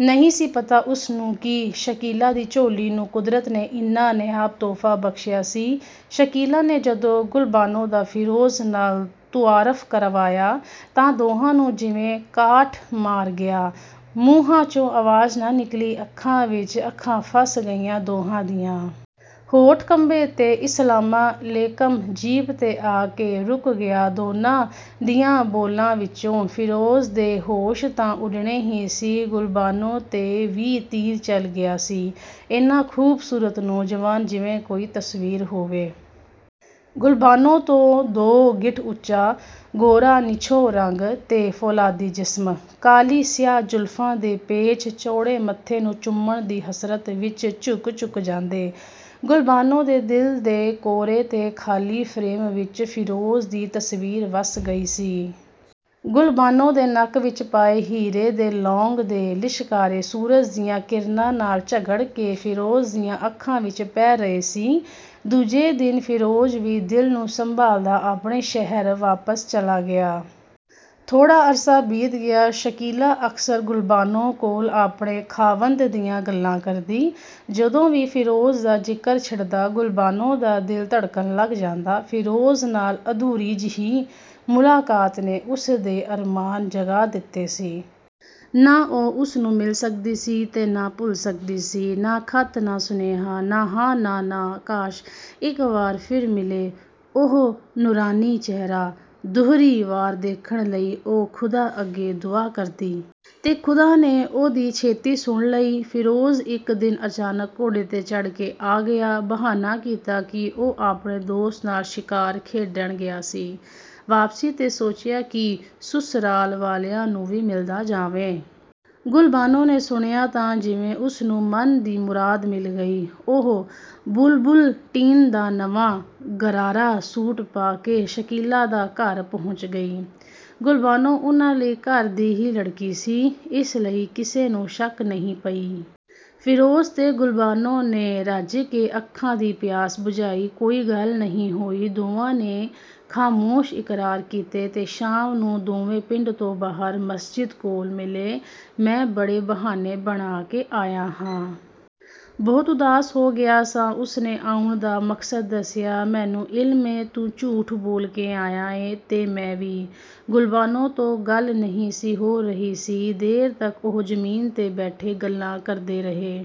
ਨਹੀ ਸੀ ਪਤਾ ਉਸਨੂੰ ਕਿ ਸ਼ਕੀਲਾ ਦੀ ਝੋਲੀ ਨੂੰ ਕੁਦਰਤ ਨੇ ਇੰਨ੍ਹਾ ਨਾਯਾਬ ਤੋਹਫਾ ਬਖਸ਼ਿਆ ਸੀ। ਸ਼ਕੀਲਾ ਨੇ ਜਦੋ ਗੁਲਬਾਨੋ ਦਾ ਫਿਰੋਜ਼ ਨਾਲ ਤੁਆਰਫ ਕਰਵਾਇਆ, ਤਾਂ ਦੋਹਾਂ ਨੂੰ ਜਿਵੇਂ ਕਾਠ ਮਾਰ ਗਿਆ। ਮੂੰਹਾਂ, ਚੋਂ ਆਵਾਜ਼ ਨਾ ਨਿੱਕਲੀ, ਅੱਖਾਂ ਵਿੱਚ ਅੱਖਾਂ ਫਸ ਗਈਆ ਦੋਹਾਂ ਦੀਆ। ਹੋਂਠ ਕੰਬੇਂ ਤੇ "ਇਸਲਾਮਾ ਲੇਕਮ"ਜੀਭ ਤੇ ਆ ਕੇ ਰੁਕ ਗਿਆ ਦੋਨਾਂ ਦੀਆ ਬੋਲਾ ਵਿਚੋ। ਫਿਰੋਜ਼ ਦੇ ਹੋਸ਼ ਤਾਂ ਉਡਣੇ ਹੀ ਸੀ ਗੁਲਬਾਨੋ ਤੇ ਵੀ ਤੀਰ ਚੱਲ ਗਿਆ ਸੀ। "ਏਨਾਂ ਖੂਬਸੂਰਤ ਨੌਜਵਾਨ..! ਜਿਵੇ ਕੋਈ ਤਸਵੀਰ ਹੋਵੇ। ਗੁਲਬਾਨੋ ਤੋਂ ਦੋ ਗਿੱਠ ਉਚਾ, ਗੋਰਾ ਨਿਛੋਹ ਰੰਗ, ਤੇ ਫ਼ੋਲਾਦੀ ਜਿਸਮ। ਕਾਲੀ ਸਿਆਹ ਜ਼ੁਲਫਾ ਦੇ ਪੇਚ ਚੌੜੇ ਮੱਥੇ ਨੂੰ ਚੁੰਮਣ ਦੀ ਹਸਰਤ ਵਿੱਚ ਝੁਕ ਝੁਕ ਜਾਂਦੇ। ਗੁਲਬਾਨੋ ਦੇ ਦਿਲ ਦੇ ਕੋਰੇ ਤੇ ਖਾਲੀ ਫਰੇਮ ਵਿੱਚ ਫਿਰੋਜ਼ ਦੀ ਤਸਵੀਰ ਵਸ ਗਈ ਸੀ। ਗੁਲਬਾਨੋ ਦੇ ਨੱਕ ਵਿੱਚ ਪਾਏ ਹੀਰੇ ਦੇ ਲੌਂਗ ਦੇ ਲਿਸ਼ਕਾਰੇ ਸੂਰਜ ਦੀਆਂ ਕਿਰਨਾਂ ਨਾਲ ਝਗੜ ਕੇ ਫਿਰੋਜ਼ ਦੀਆ ਅੱਖਾਂ ਵਿੱਚ ਪੈ ਰਹੇ ਸੀ। ਦੂਜੇ ਦਿਨ ਫਿਰੋਜ਼ ਵੀ ਦਿਲ ਨੂੰ ਸੰਭਾਲਦਾ ਆਪਣੇ ਸ਼ਹਿਰ ਵਾਪਸ ਚਲਾ ਗਿਆ। ਥੋੜ੍ਹਾ ਅਰਸਾ ਬੀਤ ਗਿਆ, ਸ਼ਕੀਲਾ ਅਕਸਰ ਗੁਲਬਾਨੋ ਕੋਲ ਆਪਣੇ ਖਾਵੰਦ ਦੀਆਂ ਗੱਲਾਂ ਕਰਦੀ। ਜਦੋ ਵੀ ਫਿਰੋਜ਼ ਦਾ ਜ਼ਿਕਰ ਛਿੜਦਾ ਗੁਲਬਾਨੋ ਦਾ ਦਿਲ ਧੜਕਣ ਲੱਗ ਜਾਂਦਾ। ਫਿਰੋਜ਼ ਨਾਲ ਅਧੂਰੀ ਜਿਹੀ ਮੁਲਾਕਾਤ ਨੇ ਉਸ ਦੇ ਅਰਮਾਨ ਜਗਾਅ ਦਿਤੇ ਸੀ। ਨਾ ਉਹ ਉਸ ਨੂੰ ਮਿਲ ਸਕਦੀ ਸੀ ਤੇ ਨਾ ਭੁੱਲ ਸਕਦੀ ਸੀ। ਨਾ ਖੱਤ ਨਾ ਸੁਨੇਹਾ। ਨਾ ਹਾਂ, ਨਾ ਨਾਂਹ। ਕਾਸ਼! ਇਕ ਵਾਰ ਫਿਰ ਮਿਲੇ, ਉਹ ਨੂਰਾਨੀ ਚਿਹਰਾ ਦੂਹਰੀ ਵਾਰ ਦੇਖਣ ਲਈ ਉਹ ਖੁਦਾ ਅੱਗੇ ਦੁਆ ਕਰਦੀ। ਤੇ ਖੁਦਾ ਨੇ ਉਹਦੀ ਛੇਤੀ ਸੁਣ ਲਈ। ਫਿਰੋਜ਼ ਇਕ ਦਿਨ ਅਚਾਨਕ ਘੋੜੇ ਤੇ ਚੜ੍ਹ ਕੇ ਆ ਗਿਆ। ਬਹਾਨਾ ਕੀਤਾ ਕਿ ਉਹ ਆਪਣੇ ਦੋਸਤ ਨਾਲ ਸ਼ਿਕਾਰ ਖੇਡਣ ਗਿਆ ਸੀ। ਵਾਪਸੀ ਤੇ ਸੋਚਿਆ ਕਿ ਸੁਸਰਾਲ ਵਾਲਿਆ ਨੂੰ ਵੀ ਮਿਲਦਾ ਜਾਵੇ। ਗੁਲਬਾਨੋ ਨੇ ਸੁਣਿਆ ਤਾਂ ਜਿਵੇਂ ਉਸਨੂੰ ਮਨ ਦੀ ਮੁਰਾਦ ਮਿਲ ਗਈ, ਉਹ ਬੁਲਬੁਲਟੀਨ ਦਾ ਨਵਾਂ ਗਰਾਰਾ ਸੂਟ ਪਾ ਕੇ ਸ਼ਕੀਲਾ ਦਾ ਘਰ ਪਹੁੰਚ ਗਈ। ਗੁਲਬਾਨੋ ਉਨ੍ਹਾਂ ਲਈ ਘਰ ਦੀ ਹੀ ਲੜਕੀ ਸੀ, ਇਸ ਲਈ ਕਿਸੇ ਨੂੰ ਸ਼ੱਕ ਨਹੀ ਪਈ। ਫਿਰੋਜ਼ ਤੇ ਗੁਲਬਾਨੋ ਨੇ ਰੱਜ ਕੇ ਅੱਖਾਂ ਦੀ ਪਿਆਸ ਬੁਝਾਈ, ਕੋਈ ਗੱਲ ਨਹੀ ਹੋਈ। ਦੋਵਾਂ ਨੇ ਖਾਮੋਸ਼ ਇਕਰਾਰ ਕੀਤੇ ਤੇ ਸ਼ਾਮ ਨੂੰ ਦੋਵੇਂ ਪਿੰਡ ਤੋਂ ਬਾਹਰ ਮਸਜਿਦ ਕੋਲ ਮਿਲੇ। ਮੈਂ ਬੜੇ ਬਹਾਨੇ ਬਣਾਕੇ ਆਇਆ ਹਾਂ। ਬਹੁਤ ਉਦਾਸ ਹੋ ਗਿਆ ਸਾਂ, ਉਸਨੇ ਆਉਣ ਦਾ ਮਕਸਦ ਦੱਸਿਆ। "ਮੈਨੂੰ ਇਲਮ ਏ…. ਤੂੰ ਝੂਠ ਬੋਲ ਕੇ ਆਇਆ ਏ… ਤੇ ਮੈਂ ਵੀ… ਗੁਲਬਾਨੋ ਤੋਂ ਗੱਲ ਨਹੀ ਸੀ ਹੋ ਰਹੀ ਸੀ। ਦੇਰ ਤੱਕ ਉਹ ਜ਼ਮੀਨ ਤੇ ਬੈਠੇ ਗੱਲਾਂ ਕਰਦੇ ਰਹੇ।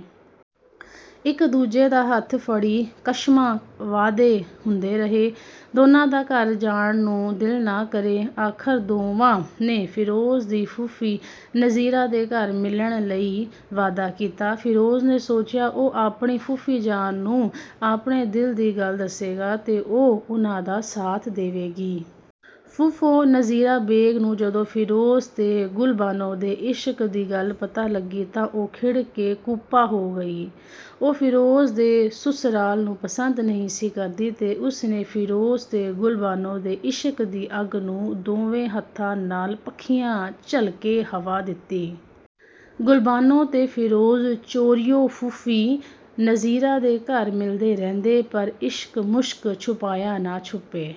ਇਕ-ਦੂਜੇ ਦਾ ਹੱਥ ਫੜੀ ਕਸ਼ਮਾਂ-ਵਾਅਦੇ ਹੁੰਦੇ ਰਹੇ। ਦੋਨਾਂ ਦਾ ਘਰ ਜਾਣ ਨੂੰ ਦਿਲ ਨਾ ਕਰੇ। ਆਖ਼ਰ ਦੋਵਾਂ ਨੇ ਫਿਰੋਜ਼ ਦੀ ਫੂਫੀ ਨਜ਼ੀਰਾਂ ਦੇ ਘਰ ਮਿਲਣ ਲਈ ਵਾਅਦਾ ਕੀਤਾ। ਫਿਰੋਜ਼ ਨੇ ਸੋਚਿਆ ਉਹ ਆਪਣੀ ਫੂਫੀ ਜਾਨ ਨੂੰ ਆਪਣੇ ਦਿਲ ਦੀ ਗੱਲ ਦੱਸੇਗਾ ਤੇ ਉਹ ਉਨ੍ਹਾਂ ਦਾ ਸਾਥ ਦੇਵੇਗੀ। ਫੂਫੋ 'ਨਜ਼ੀਰਾਂ ਬੇਗ' ਨੂੰ ਜਦੋ ਫਿਰੋਜ਼ ਤੇ ਗੁਲਬਾਨੋ ਦੇ ਇਸ਼ਕ ਦੀ ਗੱਲ ਪਤਾ ਲੱਗੀ ਤਾਂ ਉਹ ਖਿੜ ਕੇ ਕੁੱਪਾ ਹੋ ਗਈ। ਉਹ ਫਿਰੋਜ਼ ਦੇ ਸੁਸਰਾਲ ਨੂੰ ਪਸੰਦ ਨਹੀ ਸੀ ਕਰਦੀ ਤੇ ਉਸਨੇ ਫਿਰੋਜ਼ ਤੇ ਗੁਲਬਾਨੋ ਦੇ ਇਸ਼ਕ ਦੀ ਅੱਗ ਨੂੰ ਦੋਵੇਂ ਹੱਥਾਂ ਨਾਲ ਪੱਖੀਆ ਝੱਲਕੇ ਹਵਾ ਦਿਤੀ। ਗੁਲਬਾਨੋ ਤੇ ਫਿਰੋਜ਼ ਚੋਰੀਉ ਫੂਫੀ ਨਜ਼ੀਰਾਂ ਦੇ ਘਰ ਮਿਲਦੇ ਰਹਿੰਦੇ, ਪਰ ਇਸ਼ਕ-ਮੁਸ਼ਕ ਛੁਪਾਇਆ ਨਾ ਛੁੱਪੇ।